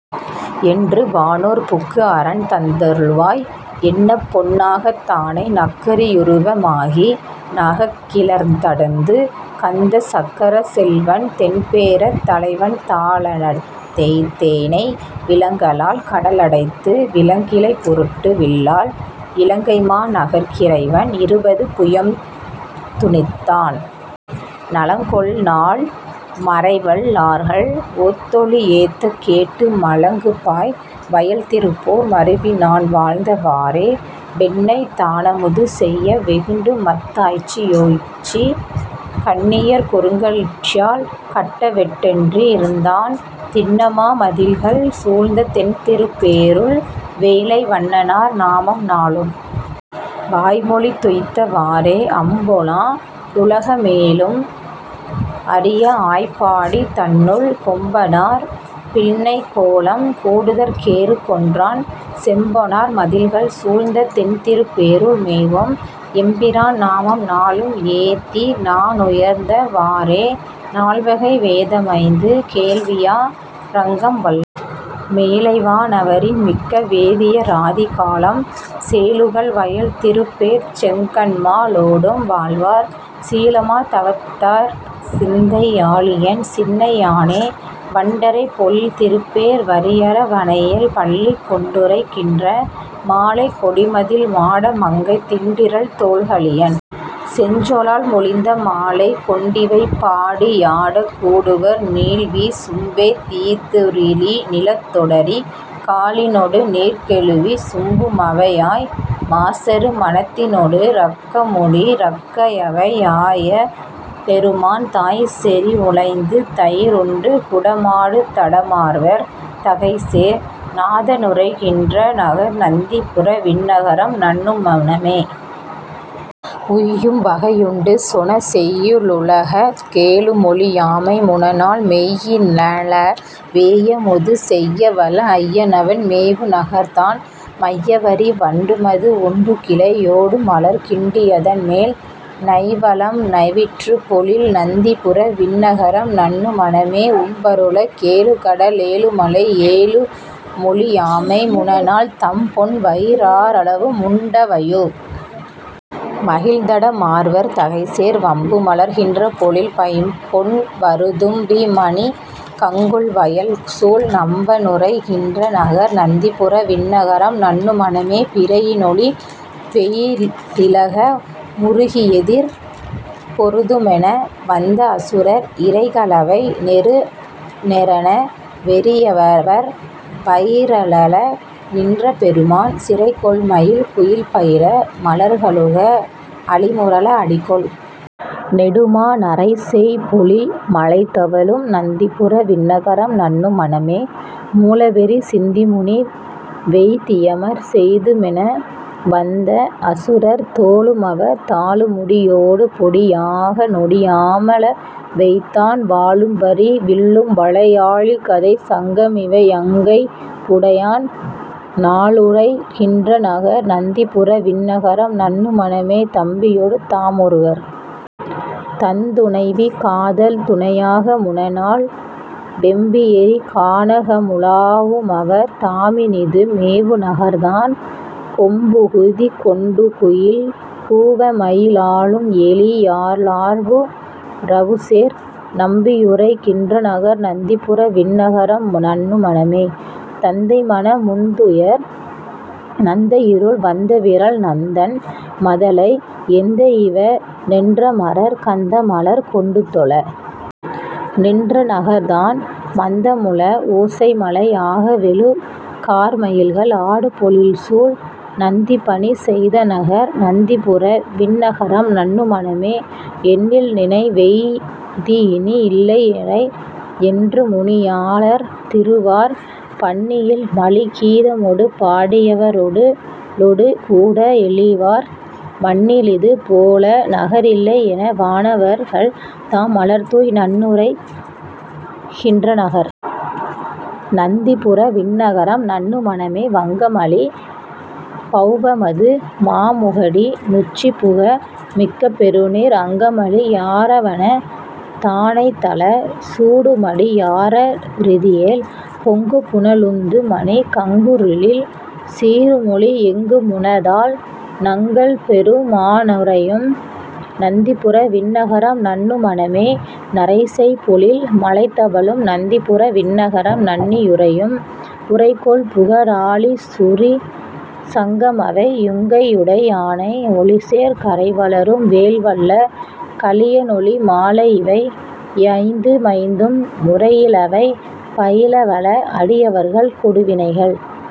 என்று வானேர் புக்கு, அரண் தந்த ருள்வாய், என்னப்பொன் னாகத் தானை, நக்கரி யுருவ மாகி நகங்கிளர்ந் திடந்து கந்த, சக்கரச் செல்வன் தென்பேர்த் தலைவன்தா ளடைந்துய்ந் தேனே விலங்கலால் கடல டைத்து விளங்கிழை பொருட்டு, வில்லால், இலங்கைமா நகர்க்கி றைவன் இருபது புயம்து ணித்தான், நலங்கொள்நான் மறைவல் லார்கள் ஒத்தொலி யேத்தக் கேட்டு மலங்குபாய் வயல்தி ருப்பேர் மருவிநான் வாழ்ந்த வாறே வெண்ணெய்தா னமுது செய்ய வெகுண்டுமத் தாய்ச்சி யோச்சி, கண்ணியர் குறுங்க யிற்றால் கட்டவெட் டென்றி ருந்தான், திண்ணமா மதிள்கள் சூழ்ந்த தென்திருப் பேருள், வேலை வண்ணனார் நாமம் நாளும் வாய்மொழிந் துய்ந்த வாறே அம்பொனா ருலக மேழும் அறியஆய்ப் பாடி தன்னுள், கொம்பனார் பின்னை கோலம் கூடுதற் கேறு கொன்றான், செம்பொனார் மதிள்கள் சூழ்ந்த தென்திருப் பேருள் மேவும், எம்பிரான் நாமம் நாளும் ஏத்திநா னுய்ந்த வாறே நால்வகை வேத மைந்து வேள்வியா றங்கம் வல்லார், மேலைவா னவரின் மிக்க வேதிய ராதி காலம், சேலுகள் வயல்தி ருப்பேர்ச் செங்கண்மா லோடும் வாழ்வார், சீலமா தவத்தர் சிந்தை யாளியென் சிந்தை யானே வண்டறை பொழில்தி ருப்பேர் வரியர வணையில் பள்ளி கொண்டுறை கின்ற மாலைக் கொடிமதிள் மாட மங்கை, திண்டிறல் தோள்க லியன் செஞ்சொலால் மொழிந்த மாலை, கொண்டிவை பாடி யாடக் கூடுவார் நீள்வி சும்பே தீதறுநி லத்தொடெரி காலினொடு நீர்க்கெழுவி சும்பு மவையாய், மாசறும னத்தினொடு றக்கமொடி றக்கையவை யாய பெருமான், தாய்செறவு ளைந்துதயி ருண்டுகுட மாடுதட மார்வர் தகைசேர், நாதனுறை கின்றநகர் நந்திபுர விண்ணகரம் நண்ணு மனமே உய்யும்வகை யுண்டுசொன செய்யிலுலக கேழுமொழி யாமை முனநாள், மெய்யினள வேயமுது செய்யவல ஐயனவன் மேவு நகர்தான், மையவரி வண்டுமது வுண்டுகிளை யோடுமலர் கிண்டி யதன்மேல், நைவளம்ந விற்றுபொழில் நந்திபுர விண்ணகரம் நண்ணு மனமே உம்பருல கேழுகட லேழுமலை யேழுமொழி யாமை முனநாள், தம்பொன்வயி றாரளவு முண்டவையு மிழ்ந்ததட மார்வர் தகைசேர், வம்புமலர் கின் றபொழில் பைம்பொன்வரு தும்பிமணி கங்குல் வயல்சூழ், நம்பனுறை கின்றநகர் நந்திபுர விண்ணகரம் நண்ணு மனமே பிறையினொளி யெயிறிலக முறுகியெதிர் பொருதுமென வந்த அசுரர் இறைகளவை நெறுநெறென வெறியவவர் வயிறழல நின்ற பெருமான், சிறைகொள்மயில் குயில்பயில மலர்களுக அளிமுரல அடிகொள் நெடுமா, நறைசெய்பொழில் மழைதவழும் நந்திபுர விண்ணகரம் நண்ணு மனமே மூளவெரி சிந்திமுனி வெய்தியமர் செய்துமென வந்த அசுரர், தோளுமவர் தாளுமுடி யோடுபொடி யாகநொடி யாம ளவெய்தான், வாளும்வரி வில்லும்வளை யாழிகதை சங்கமிவை யங்கை யுடையான், நாளுமுறை கின்றநகர் நந்திபுர விண்ணகரம் நண்ணு மனமே தம்பியொடு தாமொருவர் தந்துணைவி காதல்துணை யாக முனநாள், வெம்பியெரி கானகமு லாவுமவர் தாமினிது மேவு நகர்தான், கொம்புகுதி கொண்டுகுயில் கூவமயி லாலும் எழி லார்பு றவுசேர், நம்பியுறை கின்றநகர் நந்திபுர விண்ணகரம் நண்ணு மனமே தந்தைமன முந்துதுயர் நந்நஇருள் வந்தவிறல் நந்தன் மதலை, எந்தையிவ னென்றமரர் கந்தமலர் கொண்டுதொழ நின்ற நகர்தான், மந்தமுழ வோசைமழை யாகவெழு கார்மயில்கள் ஆடுபொழில்சூழ், நந்திபணி செய்தநகர் நந்திபுர விண்ணகரம் நண்ணு மனமே எண்ணில்நினை வெய்தியினி யில்லையிறை யென்றுமுனி யாளர் திருவார், பண்ணில்மலி கீதமொடு பாடியவ ராடலொடு கூட எழிலார், மண்ணிலிது போலநக ரில்லையென வானவர்கள் தாம லர்கள்தூய் நண்ணியுறை கின்றநகர் நந்திபுர விண்ணகரம் நண்ணு மனமே வங்கமலி பௌவமது மாமுகடி னுச்சிபுக மிக்க பெருநீர், அங்கமழி யாரவன தாணைதலை சூடுமடி யார றிதியேல், பொங்குபுன லுந்துமணி கங்குலிருள் சீறுமொளி யெங்கு முளதால், நங்கள்பெரு மானுறையும் நந்திபுர விண்ணகரம் நண்ணு மனமே நறைசெய் பொழில் மழைதவழும் நந்திபுர விண்ணகரம் நண்ணி யுறையும், உறைகொள்புக ராழிசுரி சங்கமவை யங்கையுடை யானை, ஒளிசேர் கறைவளரும் வேல்வல்ல கலியனொலி மாலையிவை யைந்து மைந்தும், முறையிலவை பயிலவல அடியவர்கள் கொடுவினைகள்।